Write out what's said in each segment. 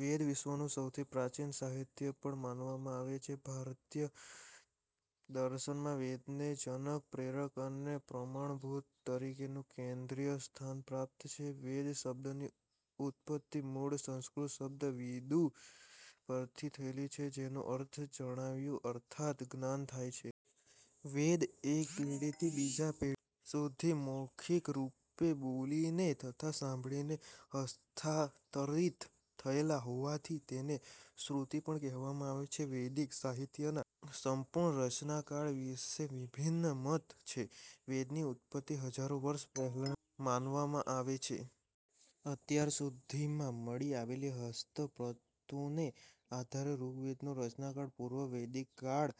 વેદ વિશ્વનું સૌથી પ્રાચીન સાહિત્ય પણ માનવામાં આવે છે. ભારતીય દર્શનમાં વેદને જનક, પ્રેરક અને પ્રમાણભૂત તરીકેનું કેન્દ્રીય સ્થાન પ્રાપ્ત છે. 'વેદ' શબ્દની ઉત્પત્તિ મૂળ સંસ્કૃત શબ્દ 'વિદ્' પરથી થયેલી છે, જેનો અર્થ 'જાણવું' અર્થાત જ્ઞાન થાય છે. વેદ એક પેઢીથી બીજી પેઢી સુધી મૌખિકરૂપે બોલીને તથા સાંભળીને હસ્તાંતરિત થયેલા હોવાથી તેને શ્રુતિ પણ કહેવામાં આવે છે. વૈદિક સાહિત્યના સંપૂર્ણ રચનાકાળ વિશે વિભિન્ન મત છે. વેદની ઉત્પત્તિ હજારો વર્ષો પહેલાની માનવામાં આવે છે. અત્યાર સુધીમાં મળી આવેલી હસ્તપ્રતોને આધારે ઋગ્વેદનો રચનાકાળ પૂર્વ વૈદિક કાળ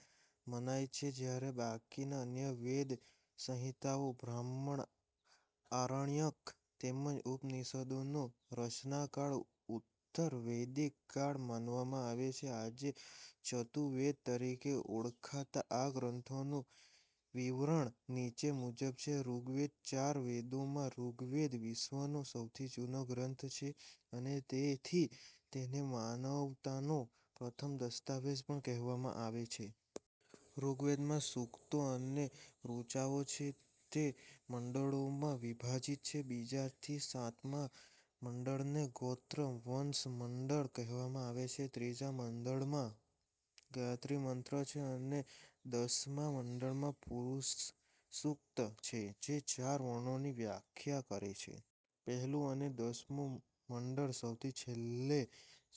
મનાય છે, જ્યારે બાકીના અન્ય વેદ, સંહિતાઓ, બ્રાહ્મણ, આરણ્યક તેમજ ઉપનિષદોનો રચનાકાળ ઉત્તર વૈદિક કાળ માનવામાં આવે છે. આજે 'ચતુર્વેદ' તરીકે ઓળખાતા આ ગ્રંથોનું વિવરણ નીચે મુજબ છે: ઋગ્વેદ ચાર વેદોમાં ઋગ્વેદ વિશ્વનો સૌથી જૂનો ગ્રંથ છે અને તેથી તેને માનવતાનો પ્રથમ દસ્તાવેજ પણ કહેવામાં આવે છે. ઋગ્વેદમાં સૂક્તો અને ઋચાઓ છે. તે મંડળોમાં વિભાજિત છે. બીજાથી સાતમા મંડળને 'ગોત્ર/વંશ મંડળ' કહેવામાં આવે છે. ત્રીજા મંડળમાં ગાયત્રી મંત્ર છે અને દસમા મંડળમાં પુરુષસૂક્ત છે, જે ચાર વર્ણો ની વ્યાખ્યા કરે છે. પહેલું અને દસમું મંડળ સૌથી છેલ્લે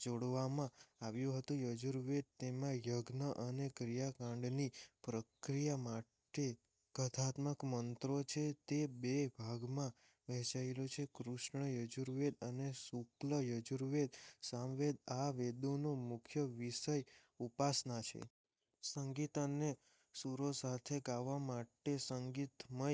જોડવામાં આવ્યું હતું. યજુર્વેદ તેમાં યજ્ઞ અને ક્રિયાકાંડની પ્રક્રિયા માટે ગદ્યાત્મક મંત્રો છે. તે બે ભાગમાં વહેંચાયેલું છે: કૃષ્ણ યજુર્વેદ અને શુક્લ યજુર્વેદ. સામવેદ આ વેદનો મુખ્ય વિષય ઉપાસના છે. સંગીત અને સૂરો સાથે ગાવા માટે સંગીતમય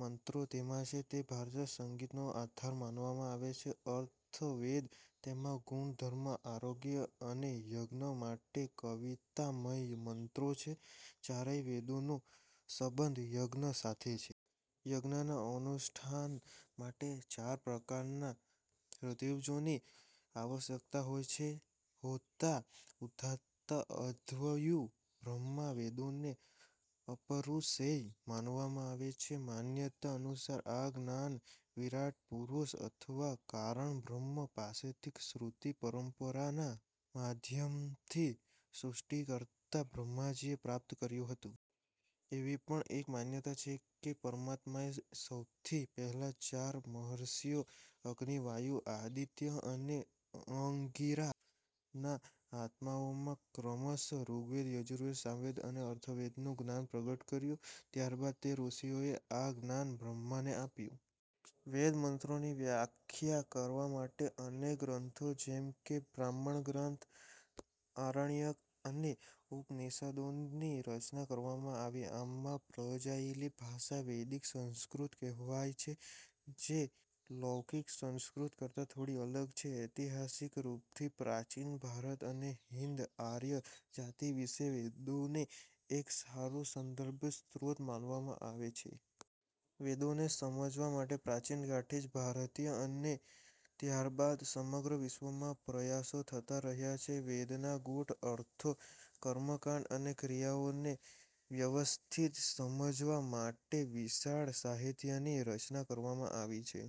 મંત્રો તેમાં છે. તે ભારતીય સંગીતનો આધાર માનવામાં આવે છે. અથર્વવેદ તેમાં ગુણ, ધર્મ, આરોગ્ય અને યજ્ઞ માટે કવિતામય મંત્રો છે. ચારેય વેદોનો સંબંધ યજ્ઞ સાથે છે. યજ્ઞના અનુષ્ઠાન માટે ચાર પ્રકારના ઋત્વિજો ની આવશ્યકતા હોય છે: હોતા ઉદ્ગાતા અધ્વર્યુ બ્રહ્મા વેદોને અપૌરુષેય માનવામાં આવે છે. માન્યતા અનુસાર આ જ્ઞાન વિરાટપુરુષ અથવા કારણબ્રહ્મ પાસેથી શ્રુતિ પરંપરાના માધ્યમથી સૃષ્ટિકર્તા બ્રહ્માજીએ પ્રાપ્ત કર્યું હતું. એવી પણ એક માન્યતા છે કે પરમાત્માએ સૌથી પહેલા ચાર મહર્ષિઓ અગ્નિ, વાયુ, આદિત્ય અને અંગિરા ના આત્માઓમાં ક્રમશઃ ઋગ્વેદ, યજુર્વેદ, સામવેદ અને અથર્વવેદનું જ્ઞાન પ્રગટ કર્યું. ત્યારબાદ તે ઋષિઓએ આ જ્ઞાન બ્રહ્માને આપ્યું. વેદ મંત્રોની વ્યાખ્યા કરવા માટે અનેક ગ્રંથો જેમ કે બ્રાહ્મણ-ગ્રંથ, આરણ્યક અને ઉપનિષદોની રચના કરવામાં આવી. આમાં પ્રયોજાયેલી ભાષા વૈદિક સંસ્કૃત કહેવાય છે, જે લૌકિક સંસ્કૃત કરતા થોડી અલગ છે. ઐતિહાસિક રૂપથી પ્રાચીન ભારત અને હિંદ-આર્ય જાતિ વિશે વેદોને એક સારો સંદર્ભ સ્ત્રોત માનવામાં આવે છે. વેદોને સમજવા માટે પ્રાચીન કાળથી જ ભારતીય અને ત્યારબાદ સમગ્ર વિશ્વમાં પ્રયાસો થતા રહ્યા છે. વેદના ગૂઢ અર્થો, કર્મકાંડ અને ક્રિયાઓને વ્યવસ્થિત સમજવા માટે વિશાળ સાહિત્યની રચના કરવામાં આવી છે.